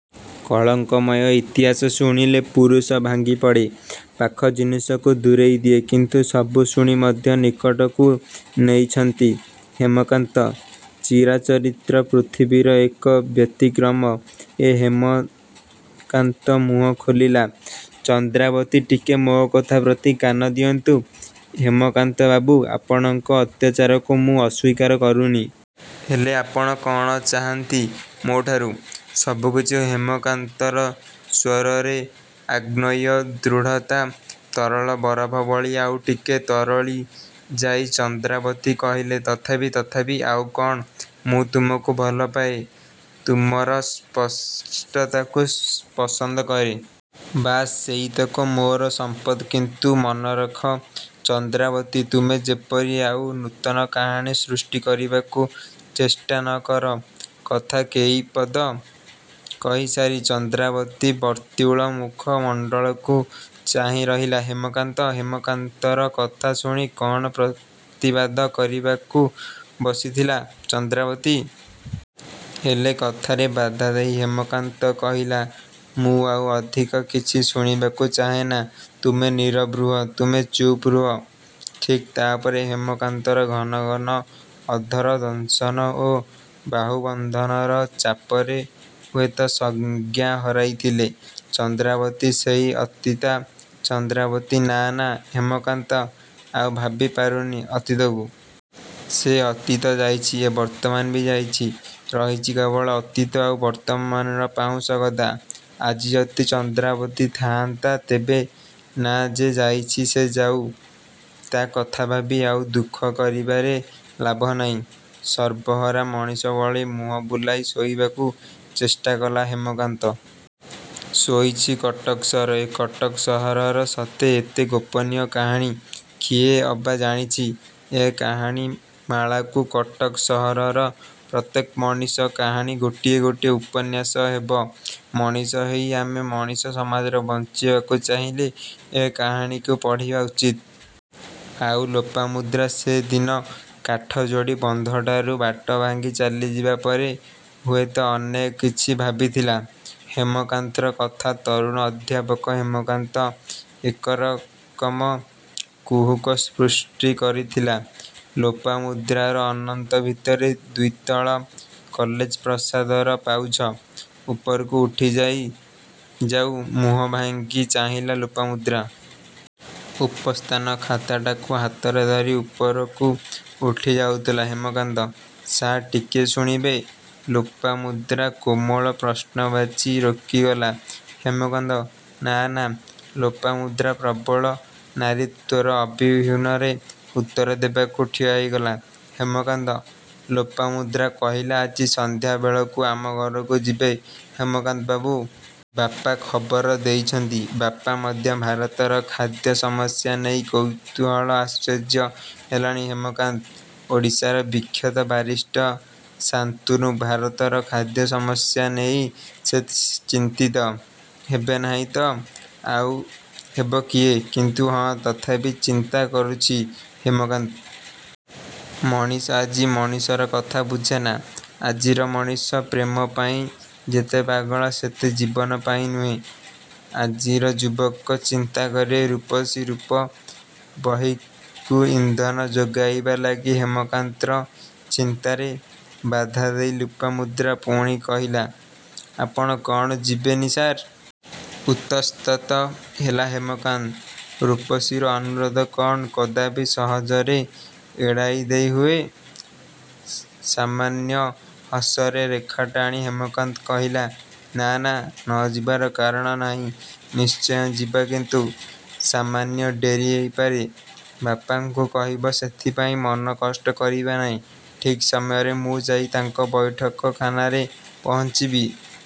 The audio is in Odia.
କଳଙ୍କମୟ ଇତିହାସ ଶୁଣିଲେ ପୁରୁଷ ଭାଙ୍ଗିପଡ଼େ। ପାଖ ଜିନିଷକୁ ଦୂରେଇ ଦିଏ କିନ୍ତୁ ସବୁ ଶୁଣି ମଧ୍ୟ ନିକଟକୁ ନେଇଛନ୍ତି ହେମକାନ୍ତ। ଚିରାଚରିତ ପୃଥିବୀର ଏକ ବ୍ୟତିକ୍ରମ ଏ ହେମକାନ୍ତ। ମୁହଁ ଖୋଲିଲା ଚନ୍ଦ୍ରାବତୀ''ଟିକେ ମୋ କଥା ପ୍ରତି କାନ ଦିଅନ୍ତୁ ହେମକାନ୍ତ ବାବୁ। ଆପଣଙ୍କ ଅତ୍ୟାଚାରକୁ ମୁଁ ଅସ୍ୱୀକାର କରୁନି। ହେଲେ ଆପଣ କ'ଣ ଚାହାଁନ୍ତି ମୋ ଠାରୁ? '' ''ସବୁକିଛି'' ହେମକାନ୍ତର ସ୍ୱରରେ ଆଗ୍ନେୟ ଦୃଢ଼ତା। ତରଳ ବରଫ ଭଳି ଆଉ ଟିକେ ତରଳି ଯାଇ ଚନ୍ଦ୍ରାବତୀ କହିଲା 'ତଥାପି'। ''ତଥାପି ଆଉ କ'ଣ? ମୁଁ ତୁମକୁ ଭଲ ପାଏ। ତୁମର ସ୍ପଷ୍ଟତାକୁ ପସନ୍ଦ କରେ। ବାସ୍ ସେଇତକ ମୋର ସମ୍ପଦ କିନ୍ତୁ ମନେରଖ ଚନ୍ଦ୍ରାବତୀ ତୁମେ ଯେପରି ଆଉ ନୂତନ କାହାଣୀ ସୃଷ୍ଟି କରିବାକୁ ଚେଷ୍ଟା ନ କର '' କଥା କେଇପଦ କହିସାରି ଚନ୍ଦ୍ରାବତୀର ବର୍ତ୍ତୁଳ ମୁଖ ମଣ୍ଡଳକୁ ଚାହିଁରହିଲା ହେମକାନ୍ତ। ହେମକାନ୍ତର କଥା ଶୁଣି କ'ଣ ପ୍ରତିବାଦ କରିବାକୁ ବସିଥିଲା ଚନ୍ଦ୍ରାବତୀ। ହେଲେ କଥାରେ ବାଧା ଦେଇ ହେମକାନ୍ତ କହିଲା "ମୁଁ ଆଉ ଅଧିକ କିଛି ଶୁଣିବାକୁ ଚାହେଁନା ତୁମେ ନୀରବ ରୁହ, ତୁମେ ଚୁପ୍ ରୁହ। ଠିକ୍ ତା'ପରେ ହେମକାନ୍ତର ଘନ ଘନ ଅଧର ଦଂଶନ ଓ ବାହୁ ବନ୍ଧନର ଚାପରେ ହୁଏତ ସଜ୍ଞା ହରାଇଥିଲେ ଚନ୍ଦ୍ରାବତୀ ,ସେଇ ଅତୀତା ଚନ୍ଦ୍ରାବତୀ ନାଁ ନାଁ ହେମକାନ୍ତ ଆଉ ଭାବି ପାରୁନି ଅତୀତକୁ। ସେ ଅତୀତ ଯାଇଛି। ଏ ବର୍ତ୍ତମାନ ବି ଯାଇଛି। ରହିଛି କେବଳ ଅତୀତ ଆଉ ବର୍ତ୍ତମାନର ପାଉଁଶ ଗଦା। ଆଜି ଯଦି ଚନ୍ଦ୍ରାବତୀ ଥାଆନ୍ତା, ତେବେ। ନାଁ, ଯେ ଯାଇଛି ସେ ଯାଉ। ତା କଥା ଭାବି ଆଉ ଦୁଃଖ କରିବାରେ ଲାଭ ନାହିଁ। ସର୍ବହରା ମଣିଷ ଭଳି ମୁହଁ ବୁଲାଇ ଶୋଇବାକୁ ଚେଷ୍ଟାକଲା ହେମକାନ୍ତ। ଶୋଇଛି କଟକ ସହର। ଏ କଟକ ସହରର ସତେ ଏତେ ଗୋପନୀୟ କାହାଣୀ? କିଏ ଅବା ଜାଣିଛି ଏ କାହାଣୀ ମାଳାକୁ। କଟକ ସହରର ପ୍ରତ୍ୟେକ ମଣିଷର କାହାଣୀ ଗୋଟିଏ ଗୋଟିଏ ଉପନ୍ୟାସ ହେବ। ମଣିଷ ହୋଇ ଆମେ ମଣିଷ ସମାଜରେ ବଞ୍ଚିବାକୁ ଚାହିଁଲେ ଏ କାହାଣୀକୁ ପଢ଼ିବା ଉଚିତ। ଆଉ ଲୋପାମୁଦ୍ରା ସେ ଦିନ କାଠଯୋଡ଼ି ବନ୍ଧଠାରୁ ବାଟଭାଙ୍ଗି ଚାଲିଯିବା ପରେ ହୁଏତ ଅନେକ କିଛି ଭାବିଥିଲା ହେମକାନ୍ତର କଥା। ତରୁଣ ଅଧ୍ୟାପକ ହେମକାନ୍ତ ଏକରକମ କୁହୁକ ସୃଷ୍ଟି କରିଥିଲା ଲୋପାମୁଦ୍ରାର ଅନ୍ତର ଭିତରେ। ଦ୍ୱିତଳ କଲେଜ ପ୍ରାସାଦର ପାଉଛ। ଉପରକୁ ଉଠି ଯାଉ ଯାଉ ମୁହଁ ଭାଙ୍ଗି ଚାହିଁଲା ଲୋପାମୁଦ୍ରା। ଉପସ୍ଥାନ ଖାତାଟାକୁ ହାତରେ ଧରି ଉପରକୁ ଉଠିଯାଥିଲା ହେମକାନ୍ତ। ''ସାର୍, ଟିକେ ଶୁଣିବେ? '' ଲୋପାମୁଦ୍ରାର କୋମଳ ପ୍ରଶ୍ନବାଚୀ। ରୋକିଗଲା ହେମକାନ୍ତ, ନାଁ ନାଁ ଲୋପାମୁଦ୍ରାର ପ୍ରବଳ ନାରିତ୍ୱର ଆବାହନୀରେ ଉତ୍ତର ଦେବାକୁ ଠିଆ ହୋଇଗଲା ହେମକାନ୍ତ। ଲୋପାମୁଦ୍ରା କହିଲା "ଆଜି ସନ୍ଧ୍ୟାବେଳକୁ ଆମ ଘରକୁ ଯିବେ ହେମକାନ୍ତ ବାବୁ! ବାପା ଖବର ଦେଇଛନ୍ତି। ବାପା ମଧ୍ୟ ଭାରତର ଖାଦ୍ୟ ସମସ୍ୟା ନେଇ କୌତୂହଳ। ଆଶ୍ଚର୍ଯ୍ୟ ହେଲାନି ହେମକାନ୍ତ। ଓଡ଼ିଶାର ବିଖ୍ୟାତ ବାରିଷ୍ଟର ଶାନ୍ତନୁ। ଭାରତର ଖାଦ୍ୟ ସମସ୍ୟା ନେଇ ସେ ଚିନ୍ତିତ ହେବେ ନାହିଁ ତ ଆଉ ହେବ କିଏ? କିନ୍ତୁ ହଁ ତଥାପି ଚିନ୍ତା କରୁଛି ହେମକାନ୍ତ। ମଣିଷ ଆଜି ମଣିଷର କଥା ବୁଝେନା। ଆଜିର ମଣିଷ ପ୍ରେମପାଇଁ ଯେତେ ପାଗଳ ସେତେ ଜୀବନ ପାଇଁ ନୁହେଁ, ଆଜିର ଯୁବକ ଚିନ୍ତା କରେ ରୂପସୀ ରୂପ ବହ୍ନିକୁ ଇନ୍ଧନ ଯୋଗାଇବା ଲାଗି। ହେମକାନ୍ତର ଚିନ୍ତାରେ ବାଧାଦେଇ ଲୋପାମୁଦ୍ରା ପୁଣି କହିଲା ''ଆପଣ କ'ଣ ଯିବେ ନି ସାର୍? '' ଉତସ୍ତତଃ ହେଲା ହେମକାନ୍ତ। ରୂପସୀର ଅନୁରୋଧ କ'ଣ କଦାପି ସହଜରେ ଏଡ଼ାଇ ଦେଇ ହୁଏ? ସାମାନ୍ୟ ହସର ରେଖାଟାଣି ହେମକାନ୍ତ କହିଲା "ନାଁ ନାଁ ନ ଯିବାର କାରଣ ନାହିଁ। ନିଶ୍ଚୟ ଯିବି କିନ୍ତୁ ସାମାନ୍ୟ ଡ଼େରି ହୋଇପାରେ। ବାପାଙ୍କୁ କହିବ ସେଥିପାଇଁ ସେ ମନ କଷ୍ଟ କରିବେ ନାହିଁ। ଠିକ୍ ସମୟରେ ମୁଁ ଯାଇ ତାଙ୍କ ବୈଠକ ଖାନାରେ ପହଞ୍ଚିବି।